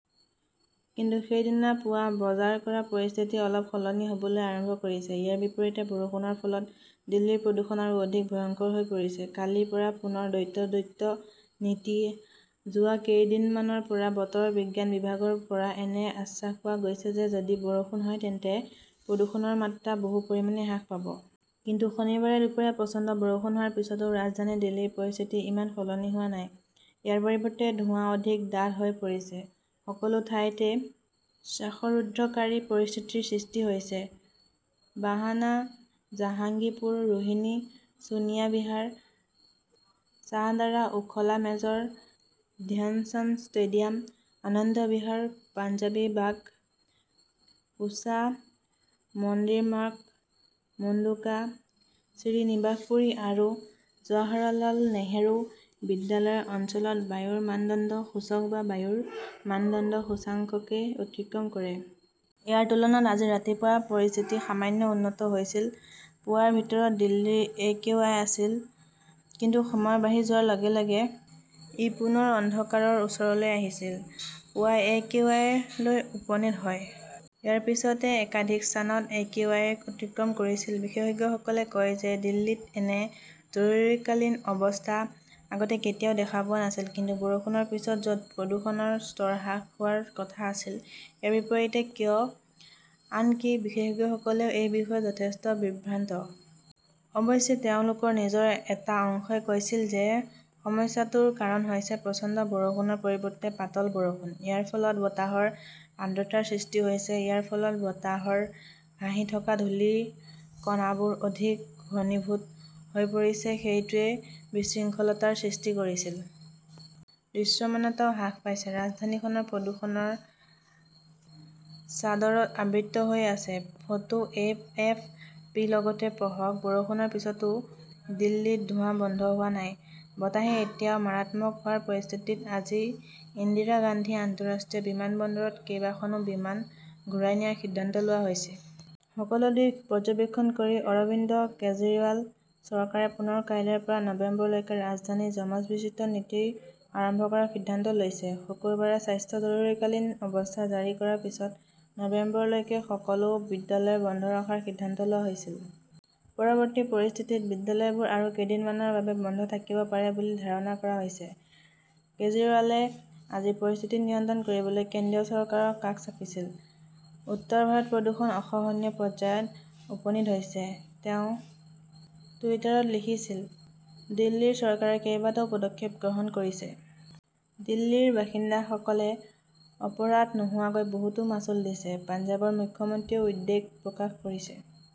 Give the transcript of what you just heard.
কিন্তু সেইদিনা পুৱা বজাৰ কৰা পৰিস্থিতি অলপ সলনি হ'বলৈ আৰম্ভ কৰিছে। ইয়াৰ বিপৰীতে বৰষুণৰ ফলত দিল্লীৰ প্ৰদূষণ আৰু অধিক ভয়ংকৰ হৈ পৰিছে, কালিৰ পৰা পুনৰ দ্বৈত-দ্বৈত নীতি যোৱা কেইদিনমানৰ পৰা বতৰ বিজ্ঞান বিভাগৰ পৰা এনে আশ্বাস পোৱা গৈছে যে যদি বৰষুণ হয় তেন্তে প্ৰদূষণৰ মাত্ৰা বহু পৰিমাণে হ্ৰাস পাব। কিন্তু শনিবাৰে দুপৰীয়া প্ৰচণ্ড বৰষুণ হোৱাৰ পিছতো ৰাজধানী দিল্লীৰ পৰিস্থিতি ইমান সলনি হোৱা নাই। ইয়াৰ পৰিৱৰ্তে ধোঁৱা অধিক ডাঠ হৈ পৰিছে। সকলো ঠাইতে শ্বাসৰুদ্ধকাৰী পৰিস্থিতিৰ সৃষ্টি হৈছে। বাৱানা, জাহাংগীৰপুৰ, ৰোহিনী, ছোনিয়া বিহাৰ, শ্বাহদাৰা, ওখলা, মেজৰ ধ্যানচান্দ ষ্টেডিয়াম, আনন্দ বিহাৰ, পাঞ্জাৱী বাগ, পুছা, মন্দিৰ মাৰ্গ, মুণ্ডকা, শ্ৰীনিবাসপুৰী আৰু জৱাহৰলাল নেহৰু বিশ্ববিদ্যালয় অঞ্চলত বায়ুৰ মানদণ্ড সূচক বা বায়ুৰ মানদণ্ড সূচকাংকে অতিক্ৰম কৰিছে। ইয়াৰ তুলনাত আজি ৰাতিপুৱা পৰিস্থিতি সামান্য উন্নত হৈছিল। পুৱাৰ ভিতৰত দিল্লীৰ এ কিউ আই আছিল। কিন্তু সময় বাঢ়ি যোৱাৰ লগে লগে ই পুনৰ অন্ধকাৰৰ ওচৰলৈ আহিছিল। পুৱা এ কিউ আই লৈ উপনীত হয়। ইয়াৰ পিছতে একাধিক স্থানত একিউআই অতিক্ৰম কৰিছিল। বিশেষজ্ঞসকলে কয় যে দিল্লীত এনে 'জৰুৰীকালীন অৱস্থা "আগতে কেতিয়াও দেখা পোৱা নাছিল। কিন্তু বৰষুণৰ পিছত, য'ত প্ৰদূষণৰ স্তৰ হ্ৰাস হোৱাৰ কথা আছিল, ইয়াৰ বিপৰীতে কিয়? আনকি বিশেষজ্ঞসকলেও এই বিষয়ে যথেষ্ট বিভ্ৰান্ত। অৱশ্যে, তেওঁলোকৰ নিজৰ এটা অংশই কৈছিল যে সমস্যাটোৰ কাৰণ হৈছে প্ৰচণ্ড বৰষুণৰ পৰিৱৰ্তে পাতল বৰষুণ। ইয়াৰ ফলত বতাহত আৰ্দ্ৰতাৰ সৃষ্টি হৈছে। ইয়াৰ ফলত বতাহৰ ভাহি থকা ধূলিৰ কণাবোৰ অধিক ঘনীভূত হৈ পৰিছে। সেইটোৱেই বিশৃংখলতাৰ সৃষ্টি কৰিছিল। দৃশ্যমানতাও হ্ৰাস পাইছে। ৰাজধানীখন প্ৰদূষণৰ চাদৰত আবৃত হৈ আছে। Photo A. এফ. পি. লগতে পঢ়ক বৰষুণৰ পিছতো দিল্লীত ধোঁৱা বন্ধ হোৱা নাই, বতাহে এতিয়াও মাৰাত্মক হোৱাৰ পৰিস্থিতিত আজি ইন্দিৰা গান্ধী আন্তঃৰাষ্ট্ৰীয় বিমানবন্দৰত কেইবাখনো বিমান ঘূৰাই নিয়াৰ সিদ্ধান্ত লোৱা হৈছে। সকলো দিশ পৰ্যবেক্ষণ কৰি অৰবিন্দ কেজৰিৱাল চৰকাৰে পুনৰ কাইলৈৰ পৰা নৱেম্বৰলৈকে ৰাজধানীত যমজ-বিচিত্ৰ নীতি আৰম্ভ কৰাৰ সিদ্ধান্ত লৈছে। শুকুৰবাৰে স্বাস্থ্য জৰুৰীকালীন অৱস্থা জাৰি কৰাৰ পিছত নৱেম্বৰলৈকে সকলো বিদ্যালয় বন্ধ ৰখাৰ সিদ্ধান্ত লোৱা হৈছিল। পৰিৱৰ্তিত পৰিস্থিতিত বিদ্যালয়বোৰ আৰু কেইদিনমানৰ বাবে বন্ধ থাকিব পাৰে বুলি ধাৰণা কৰা হৈছে। কেজৰিৱালে আজি পৰিস্থিতি নিয়ন্ত্ৰণ কৰিবলৈ কেন্দ্ৰীয় চৰকাৰৰ কাষ চাপিছিল। "উত্তৰ ভাৰতত প্ৰদূষণ অসহনীয় পৰ্যায়ত উপনীত হৈছে", তেওঁ টুইটাৰত লিখিছিল। দিল্লী চৰকাৰে কেইবাটাও পদক্ষেপ গ্ৰহণ কৰিছে। দিল্লীৰ বাসিন্দাসকলে অপৰাধ নোহোৱাকৈ বহুতো মাচুল দিছে। পঞ্জাৱৰ মুখ্যমন্ত্ৰীয়েও উদ্বেগ প্ৰকাশ কৰিছে।